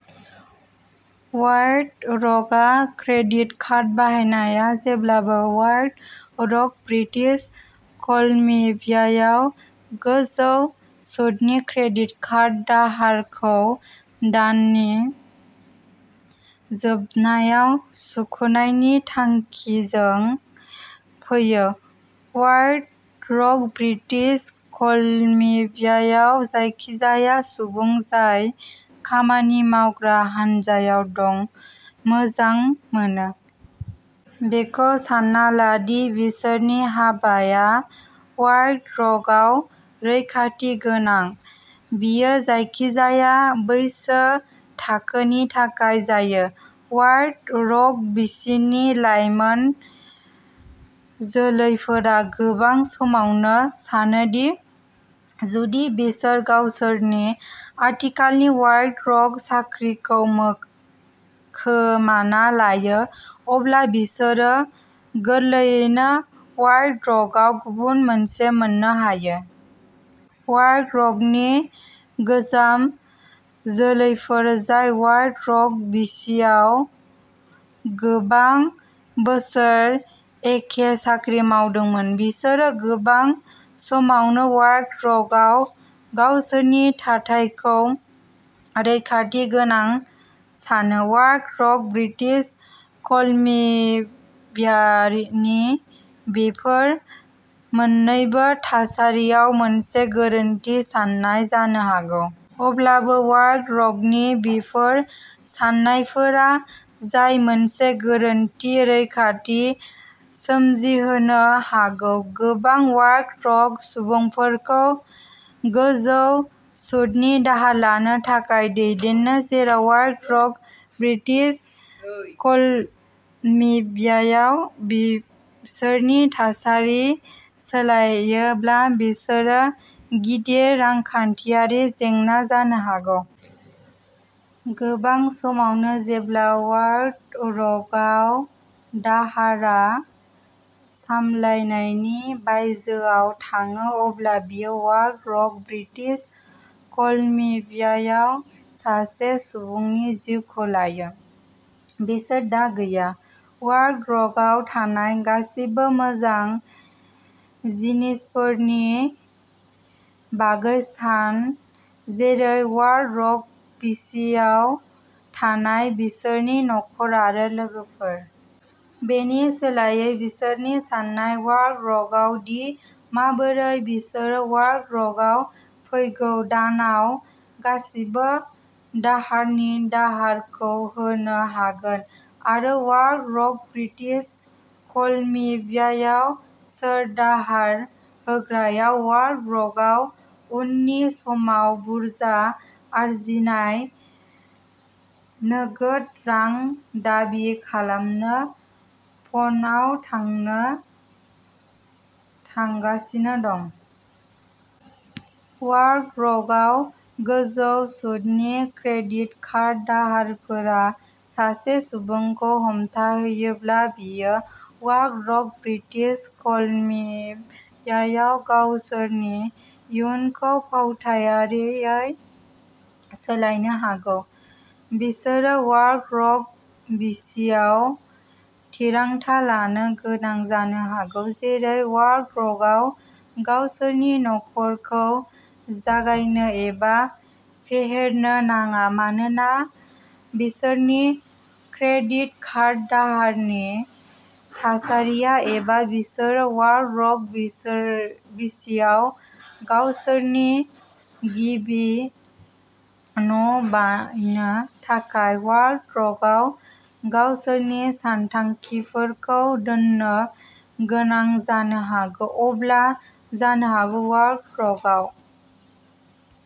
White रकआव credit कार्डनि बाहायनाया जेब्लाबो व्हाइट रक ब्रिटिश कलम्बियायाव गोजौ सुतनि क्रेडिट कार्ड दाहारखौ दाननि जोबनायाव सुख'नायनि थांखिजों फैयो। व्हाइट रक ब्रिटिश कलम्बियायाव जायखिजाया सुबुं जाय खामानि मावग्रा हान्जायाव दं, मोजां मोनो। बेखौ सानना ला दि बिसोरनि हाबाया व्हाइट रकआव रैखाथि गोनां। बेयो जायखिजाया बैसो थाखोनि थाखाय जायो। व्हाइट रक बिसिनि लाइमोन जोलैफोरा गोबां समावनो सानो दि जुदि बिसोर गावसोरनि आथिखालनि व्हाइट रक साख्रिखौ खोमाना लायो अब्ला बिसोरो गोरलैयैनो व्हाइट रकआव गुबुन मोनसे मोन्नो हायो। व्हाइट रकनि गोजाम जोलैफोर जाय व्हाइट रक बिसिआव गोबां बोसोर एखे साख्रि मावदोंमोन, बिसोरो गोबां समावनो व्हाइट रकआव गावसोरनि थाथायखौ रैखाथि गोनां सानो। व्हाइट रक ब्रिटिश कलम्बियानि बेफोर मोननैबो थासारिया मोनसे गोरोन्थि साननाय जानो हागौ। अब्लाबो, व्हाइट रकनि बेफोर सान्नायफोरा जाय मोनसे गोरोन्थि रैखाथि सोमजिहोनो हागौ, गोबां व्हाइट रक सुबुंफोरखौ गोजौ सुतनि दाहार लानो थाखाय दैदेनो जेराव व्हाइट रक ब्रिटिश कलम्बियायाव बिसोरनि थासारिया सोलायोब्ला बिसोरो गिदिर रांखान्थियारि जेंना जानो हागौ। गोबां समावनो जेब्ला व्हाइट रकआव दाहारआ सामलायनायनि बायजोआव थाङो अब्ला बेयो व्हाइट रक ब्रिटिश कलम्बियायाव सासे सुबुंनि जिउखौ लायो। बिसोर दा गैया। व्हाइट रकआव थानाय गासिबो मोजां जिनिसफोरनि बागै सान, जेरै व्हाइट रक बिसिआव थानाय बिसोरनि नखर आरो लोगोफोर। बेनि सोलायै बिसोरनि साननाया व्हाइट रकआव दि माबोरै बिसोरो व्हाइट रकआव फैगौ दानाव गासिबो दाहारनि दाहारखौ होनो हागोन, आरो व्हाइट रक ब्रिटिश कलम्बियायाव सोर दाहार होग्राया व्हाइट रकआव उननि समाव बुरजा आरजिनाय नोगोद रां दाबि खालामनो फनआव थानो थांगासिनो दं। व्हाइट रकआव गोजौ सुतनि क्रेडिट कार्ड दाहारफोरा सासे सुबुंखौ हमथाहोयोब्ला बेयो व्हाइट रक ब्रिटिश कलम्बियायाव गावसोरनि इयुनखौ फावथायारियै सोलायनो हागौ। बिसोरो व्हाइट रक बिसिआव थिरांथा लानो गोनां जानो हागौ जेरै व्हाइट रकआव गावसोरनि नखरखौ जागायनो एबा फेहेरनो नाङा मानोना बिसोरनि क्रेडिट कार्ड दाहारनि थासारिया एबा बिसोरो व्हाइट रक बिसिआव गावसोरनि गिबि न' बायनो थाखाय व्हाइट रकआव गावसोरनि सानथांखिफोरखौ दोननो गोनां जानो हागौ। अब्ला जानो हागौ व्हाइट रकआव।